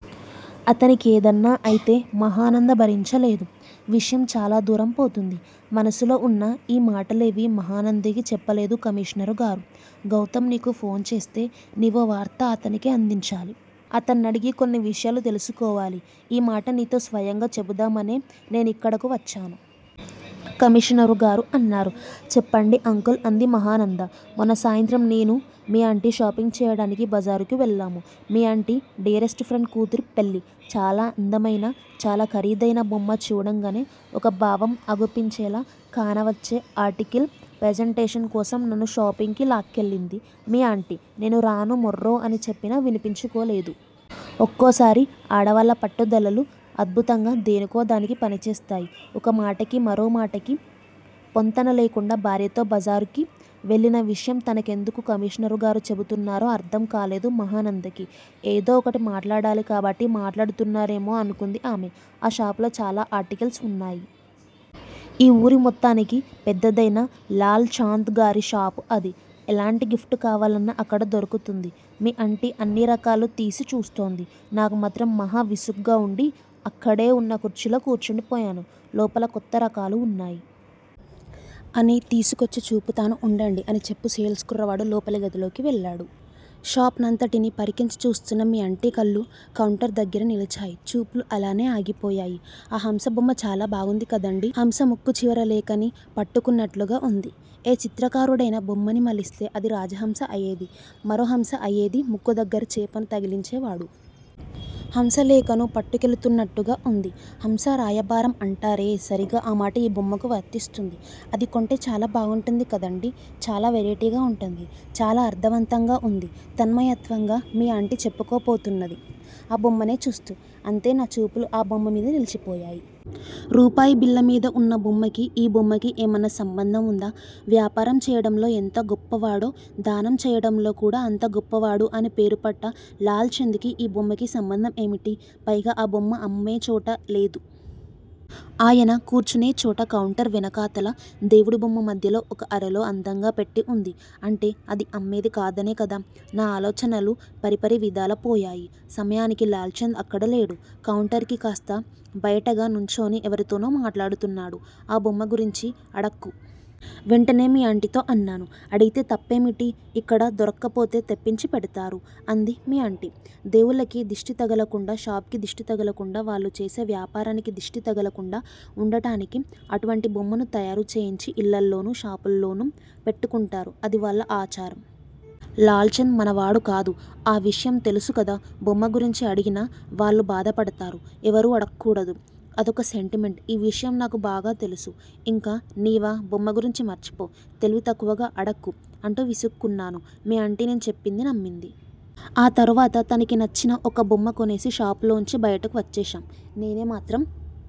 అతని కేదన్నా అయితే మహానంద భరించలేదు. విషయం చాలాదూరం పోతుంది. మనసులో వున్న ఈ మాటలేవీ మహానందకి చెప్పలేదు కమిషనరుగారు. గౌతం నీకు ఫోనుచేస్తే నీవో వార్త అతనికి అందించాలి. అతన్నడిగి కొన్ని విషయాలు తెలుసుకోవాలి. ఈ మాట నీతో స్వయంగా చెబుదామనే నేనిక్కడకు వచ్చాను. కమిషనరుగారు అన్నారు. చెప్పండి అంకుల్ అంది మహానంద. మొన్న సాయంత్రం నేను మీ అంటి షాపింగ్చెయ్యటానికి బజారుకి వెళ్ళాము. మీ అంటి డియరెస్ట్ ఫ్రెండ్ కూతురి పెళ్ళి. చాలా అందమైన, చాలా ఖరీదైన బొమ్మ చూడంగానే ఒక భావం అగుపించేలా కానవచ్చే అర్టికల్ ప్రెజెంటేషన్ కోసం నన్ను షాపుకి లాక్కెళ్ళింది మీ అంటి నేను రాను మొర్రో అని చెప్పినా వినిపించుకోలేదు. ఒక్కోసారి ఆడవాళ్ళ పట్టుదలలు అద్బుతంగా దేనికో దానికి పనిచేస్తాయి ఒక మాటకి మరో మాటకి పొంతన లేకుండా భార్యతో బజారుకి వెళ్ళిన విషయం తనకెందుకు కమిషనరుగారు చెబుతున్నారో అర్ధం కాలేదు మహానందకి, ఏదో ఒకటి మాట్లాడాలి కాబట్టి మాట్లాడుతున్నారేమో అనుకుంది ఆమె. ఆ షాపులో చాలా అర్టికల్స్ వున్నాయి. ఈ ఊరి మొత్తానికి పెద్దదైనా లాల్ చాంద్ గారి షాపు అది. ఎలాంటి గిఫ్ట్ కావాలన్నా అక్కడ దొరుకుతుంది. మీ అంటి అన్ని రకాలు తీసి చూస్తోంది. నాకు మాత్రం మహా విసుగ్గా వుండి అక్కడే వున్న కుర్చీలో కూర్చుండిపోయాను. లోపల కొత్త రకాలు వున్నాయి. అని తీసుకొచ్చి చూపుతాను ఉండండి అని చెప్పి సేల్స్ కుర్రవాడు లోపలి గదిలోకి వెళ్ళాడు. షాప్ నంతటిని పరికించి చూస్తున్న మీ అంటి కళ్ళు కౌంటర్ దగ్గిర నిలిచాయి. చూపులు అలానే ఆగిపోయాయి. ఆ హంస బొమ్మ చాలా బాగుంది కదండీ. హంస ముక్కు చివర లేఖని పట్టుకున్నట్లుగా వుంది, ఏ చిత్రకారుడయినా బొమ్మని మలిస్తే అది రాజహంస అయేది మరో హంస అయేది ముక్కుదగ్గర చేపను తగిలించేవాడు. హంసలేఖను పట్టుకెళుతున్నట్టుగా వుంది. హంసరాయభారం అంటారే సరీగా ఆ మాట ఈ బొమ్మకు వర్తిస్తుంది. అది కొంటె చాలా బాగుంటుంది కదండీ. చాలా వెరయిటిగా వుంది. చాలా అర్ధవంతంగా వుంది తన్మయత్వంగా మీ అంటి చెప్పుకుపోతున్నది ఆ బొమ్మనే చూస్తూ. అంతే నా చూపులు ఆ బొమ్మమిద నిలిచిపోయాయి. రూపాయి బిళ్ళ మీద వున్న బొమ్మకి, ఈ బొమ్మకి ఏమన్నా సంబంధం వుందా? వ్యాపారం చేయడంలో ఎంత గొప్పవాడో దానం చెయ్యడంలో కూడా అంత గొప్పవాడు అని పేరుపడ్డ లాల్ చంద్ కి, ఈ బొమ్మకి సంబంధం ఏమిటి? పైగా ఆ బొమ్మ అమ్మేచోట లేదు. అయన కూర్చునేచోట కౌంటర్ వెనకాతల దేవుడిబొమ్మ మధ్యలో ఒక అరలో అందంగా పెట్టి వుంది. అంటే అది అమ్మేది కాదనేకదా! నా ఆలోచనలు పరిపరి విధాలపోయాయి. సమయానికి లాల్ చంద్ అక్కడ లేడు. కౌంటరుకి కాస్త బయటగా నుంచొని ఎవరితోనో మాట్లాడుతున్నాడు. ఆ బొమ్మగురించి అడక్కు. వెంటనే మీ అంటితో అన్నాను. అడిగితే తప్పేమిటి? ఇక్కడ దొరక్కపోతే తెప్పించిపెడతారు. అంది మీ అంటి. దేవుళ్ళకి దిష్టి తగలకుండా షాపుకి దిష్టి తగలకుండా వాళ్ళు చేసే వ్యాపారానికి దిష్టి తగలకుండా వుండటానికి అటువంటి బొమ్మను తయారు చేయించి యిళ్ళల్లోనూ, షాపుల్లోనూ పెట్టుకుంటారు. అది వాళ్ళ ఆచారం. లాల్ చంద్ మనవాడు కాదు. ఆ విషయం తెలుసుకదా. బొమ్మ గురించి అడిగినా వాళ్ళు భాధపడతారు. ఎవరూ అడక్కూడదు. అదొక సెంటిమెంట్. ఈ విషయం నాకు బాగా తెలుసు. ఇంక నీవా బొమ్మ గురించి మర్చిపో, తెలివితక్కువగా అడక్కు, అంటూ విసుక్కున్నాను. మీ అంటి నేను చెప్పింది నమ్మింది. ఆ తరువాత తనకి నచ్చిన ఒక బొమ్మ కొనేసి షాపులోంచి బయటికి వచ్చేశాము. నేనేమాత్రం